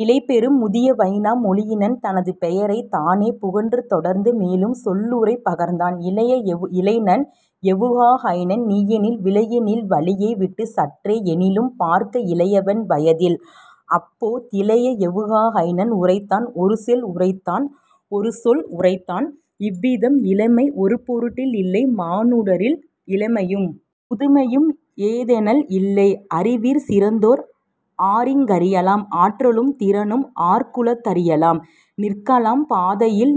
நிலைபெறும் முதிய வைனா மொயினன் தனது பெயரைத் தானே புகன்று தொடர்ந்து மேலும் சொல்லுரை பகர்ந்தான் இளைஞன் யொவுகாஹைனன் நீயெனில் விலகிநில் வழியை விட்டுச் சற்றே என்னிலும் பார்க்க இளையவன் வயதில். அப்போ திளைய யொவுகாஹைனன் உரைத்தான் ஒருசொல் உரைத்தான் இவ்விதம் இளமை ஒருபொருட்டில்லைமானுடரில் இளமையும் முதுமையும் ஏதெனல் இல்லை அறிவிற் சிறந்தோர் ஆரிங்கறியலாம் ஆற்றலும் திறனும் ஆர்க்குளத் தறியலாம் நிற்கலாம் பாதையில்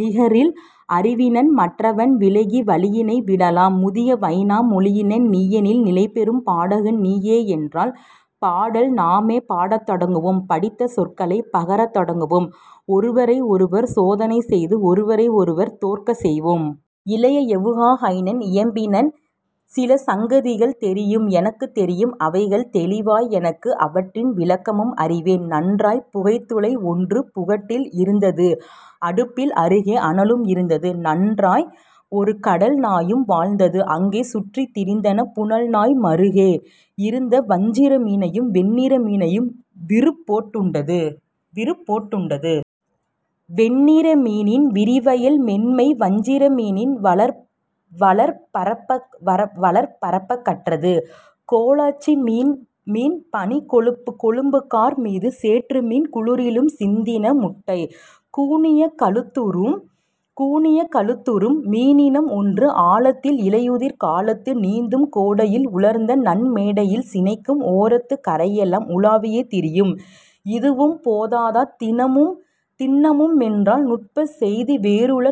நிகரில் அறிவினன் மற்றவன் விலகி வழியினை விடலாம் முதிய வைனா மொழியினன் நீயெனில் நிலைபெறும் பாடகன் நீயேயென்றால் பாடல் நாமே பாடத் தொடங்குவோம் படித்த சொற்களைப் பகரத் தொடங்குவோம் ஒருவரை ஒருவர் சோதனை செய்து ஒருவரை ஒருவர் தோற்கச் செய்வோம். இளைய யொவுகாஹைனன் இயம்பினன் சிலசங்கதிகள் தெரியும் எனக்கு தெரியும் அவைகள் தெளிவாய் எனக்கு அவற்றின் விளக்கமும் அறிவேன் நன்றாய் புகைத்துளை ஒன்று புகட்டில் இருந்தது அடுப்பில் அருகே அனலும் இருந்தது. நன்றாய் ஒருகடல் நாயும் வாழ்ந்தது அங்கே சுற்றித் திரிந்தனப் புனல்நாய் மருகே யிருந்த வஞ்சிர மீனையும் வெண்ணிற மீனையும் விருப்போட்டுண்டது. வெண்ணிற மீனின் விரிவயல் மென்மை வஞ்சிர மீனின் வளர்ப்பரப்பகற்றது கோலாச்சி மீன்பனிக் கொழும்புகார் மீதும் சேற்றுமீன் குளிரிலும் சிந்தின முட்டை. கூனிய கழுத்துறும் மீனினம் ஒன்று ஆழத்தில் இலையுதிர்காலத்து நீந்தும் கோடையில் உலர்ந்தநன்மேடையில் சினைக்கும் ஓரத்துக் கரையெலாம் உலாவியே திரியும். இதுவும் போதாத தின்னமுமென்றால் நுட்பச் செய்திவேறுள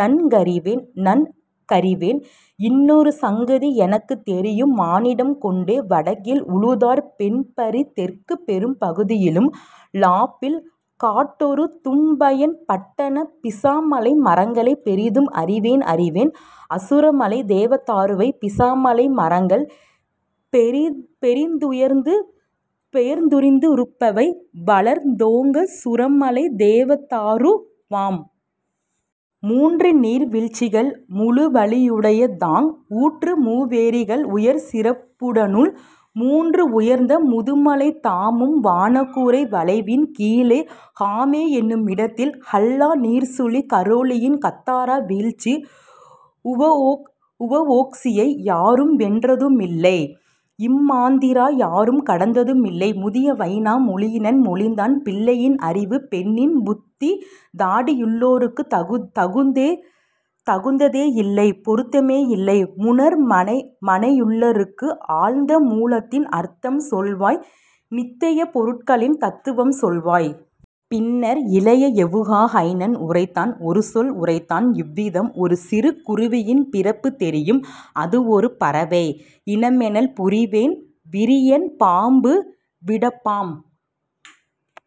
நன்கறிவேன் இன்னொரு சங்கதி எனக்குத் தெரியும் மானிடம் கொண்டே வடக்கில் உழுதர் பெண்பரி தெற்குப்பெரும்பகுதியிலும் லாப்பில் காட்டொரு தும்பயன் பட்டன பிஸாமலை மரங்களைப் பெரிதும் அறிவேன் அறிவேன் அசுரமலைத்தேவதாருவை பிஸாமலை மரங்கள் பெரிதுயர்ந்துறுபவை வளர்தோங்கசுரமலைத்தேவதாருவாம். மூன்றுநீர் வீழ்ச்சிகள் முழுவலியுடைத்தாங் ஊற்று மூவேரிகள் உயர்சிறப்புடனுள் மூன்று உயர்ந்த முதுமலை தாமும் வானக்கூரை வளைவின் கீழே ஹமேஎனுமிடத்தில் ஹல்லா நீர்ச்சுழி கரோலியின் காத்ரா வீழ்ச்சி வுவோக்ஸியை யாரும் வென்றதுமில்லை இம்மாந்திரா யாரும் கடந்ததுமில்லை. முதிய வைனா மொழியினன் மொழிந்தான் பிள்ளையின் அறிவு பெண்ணின் புத்தி தாடியுளோர்க்குத் தகுந்ததே யில்லை பொருத்தமே யில்லைப் புணர்மனையுளார்க்கு ஆழ்ந்த மூலத்தின் அர்த்தம் சொல்வாய் நித்தியப் பொருட்களின் தத்துவம் சொல்வாய். பின்னர் இளைய யொவுகாஹைனன் உரைத்தான் ஒருசொல் உரைத்தான் இவ்விதம் ஒருசிறு குருவியின் பிறப்புத் தெரியும் அதுஒரு பறவை இனமெனல் புரிவேன் விரியன் பாம்பு விடப்பாம்